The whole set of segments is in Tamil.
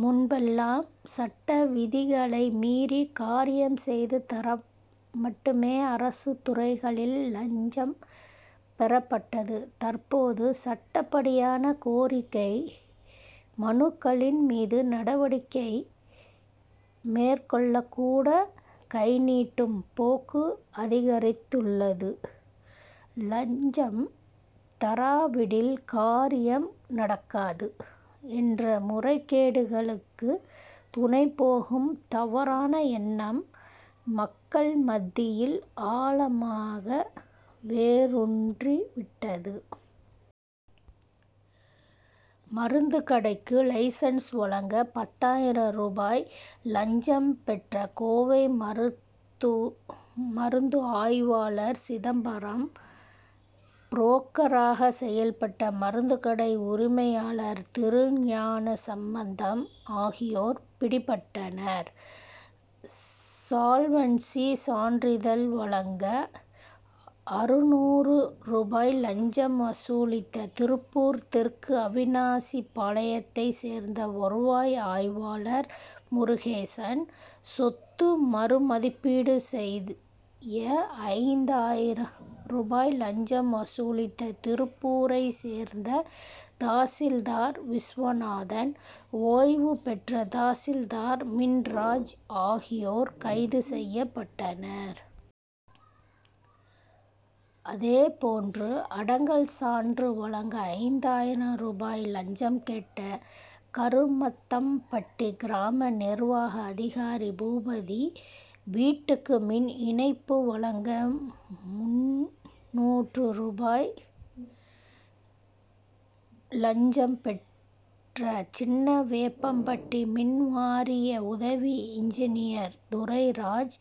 முன்பெல்லாம், சட்டவிதிகளை மீறி காரியம் செய்து தர மட்டுமே அரசு துறைகளில் லஞ்சம் பெறப்பட்டது. தற்போது, சட்டப்படியான கோரிக்கை மனுக்களின் மீது நடவடிக்கை மேற்கொள்ளக்கூட, கைநீட்டும் போக்கு அதிகரித்துள்ளது. லஞ்சம் தராவிடில் காரியம் நடக்காது என்ற, முறைகேடுகளுக்கு துணைபோகும் தவறான எண்ணம், மக்கள் மத்தியில் ஆழமாக வேரூன்றிவிட்டது. மருந்துக்கடைக்கு லைசென்ஸ் வழங்க பத்தாயிரம் ரூபாய் லஞ்சம் பெற்ற கோவை மருத்து மருந்து ஆய்வாளர் சிதம்பரம், புரோக்கராக செயல்பட்ட மருந்துக்கடை உரிமையாளர் திருஞானசம்மந்தம் ஆகியோர் பிடிபட்டனர். சால்வன்சி சான்றிதழ் வழங்க அறுநூறு ரூபாய் லஞ்சம் வசூலித்த திருப்பூர் தெற்கு அவிநாசிபாளையத்தைச் சேர்ந்த வருவாய் ஆய்வாளர் முருகேசன், சொத்து மறு மதிப்பீடு செய்ய ஐந்தாயிரம் ரூபாய் லஞ்சம் வசூலித்த திருப்பூரைச் சேர்ந்த தாசில்தார் விஸ்வநாதன், ஓய்வு பெற்ற தாசில்தார் மீன்ராஜ் ஆகியோர் கைது செய்யப்பட்டனர். அதே போன்று, அடங்கல் சான்று வழங்க ஐந்தாயிரம் ரூபாய் லஞ்சம் கேட்ட கருமத்தம்பட்டி கிராம நிர்வாக அதிகாரி பூபதி, வீட்டுக்கு மின் இணைப்பு வழங்க முந்நூற்று ரூபாய் லஞ்சம் பெற்ற சின்னவேடம்பட்டி மின்வாரிய உதவி இன்ஜினியர் துரைராஜ்,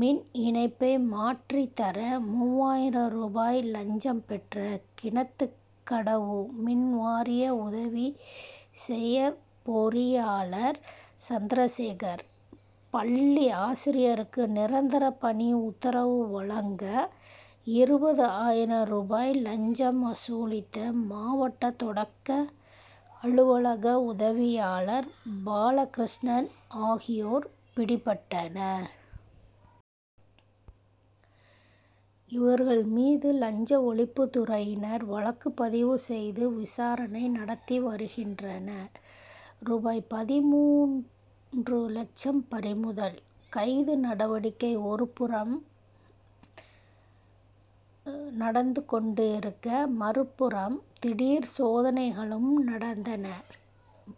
மின் இணைப்பை மாற்றித்தர மூவாயிரம் ரூபாய் லஞ்சம் பெற்ற கிணத்துக்கடவு மின்வாரிய உதவி செயற்பொறியாளர் சந்திரசேகர், பள்ளி ஆசிரியருக்கு நிரந்தர பணி உத்தரவு வழங்க இருபது ஆயிரம் ரூபாய் லஞ்சம் வசூலித்த மாவட்ட தொடக்கல்வி அலுவலக உதவியாளர் பாலகிருஷ்ணன் ஆகியோர் பிடிபட்டனர். இவர்கள் மீது லஞ்ச ஒழிப்புத்துறையினர் வழக்குப்பதிவு செய்து விசாரணை நடத்தி வருகின்றனர். ரூபாய். பதின்மூன்று லட்சம் பறிமுதல்: கைது நடவடிக்கை ஒருபுறம் நடந்து கொண்டிருக்க, மறுபுறம் திடீர் சோதனைகளும் நடந்தன.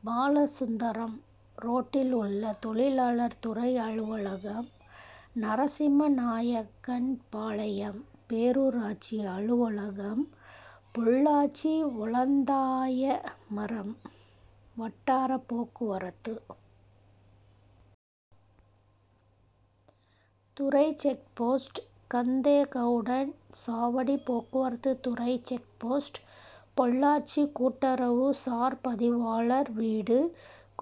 பாலசுந்தரம் ரோட்டிலுள்ள தொழிலாளர் துறை அலுவலகம், நரசிம்மநாயக்கன்பாளையம் பேரூராட்சி அலுவலகம், பொள்ளாச்சி வளந்தாயமரம் வட்டார போக்குவரத்து துறை செக்போஸ்ட், கந்தேகவுண்டன் சாவடி போக்குவரத்து துறை செக்போஸ்ட், பொள்ளாச்சி கூட்டுறவு சார் பதிவாளர் வீடு,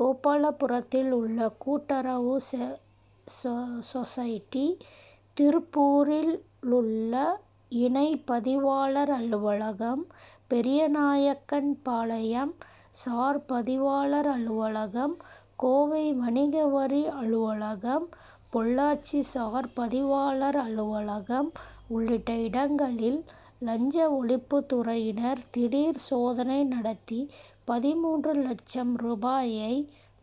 கோபாலபுரத்திலுள்ள கூட்டுறவு சொசைட்டி, திருப்பூரிலுள்ள இணைப்பதிவாளர் அலுவலகம், பெரியநாயக்கன்பாளையம் சார் பதிவாளர் அலுவலகம், கோவை வணிகவரி அலுவலகம், பொள்ளாச்சி சார் பதிவாளர் அலுவலகம் உள்ளிட்ட இடங்களில் லஞ்ச ஒழிப்புத்துறையினர் திடீர் சோதனை நடத்தி பதின்மூன்று லட்சம் ரூபாயை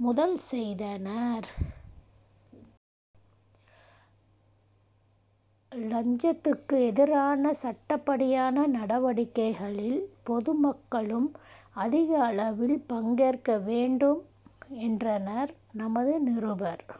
முதல் செய்தனர். லஞ்சத்துக்கு எதிரான சட்டப்படியான நடவடிக்கைகளில் பொதுமக்களும் அதிகளவில் பங்கேற்ற வேண்டும்' என்றனர். நமது நிருபர் -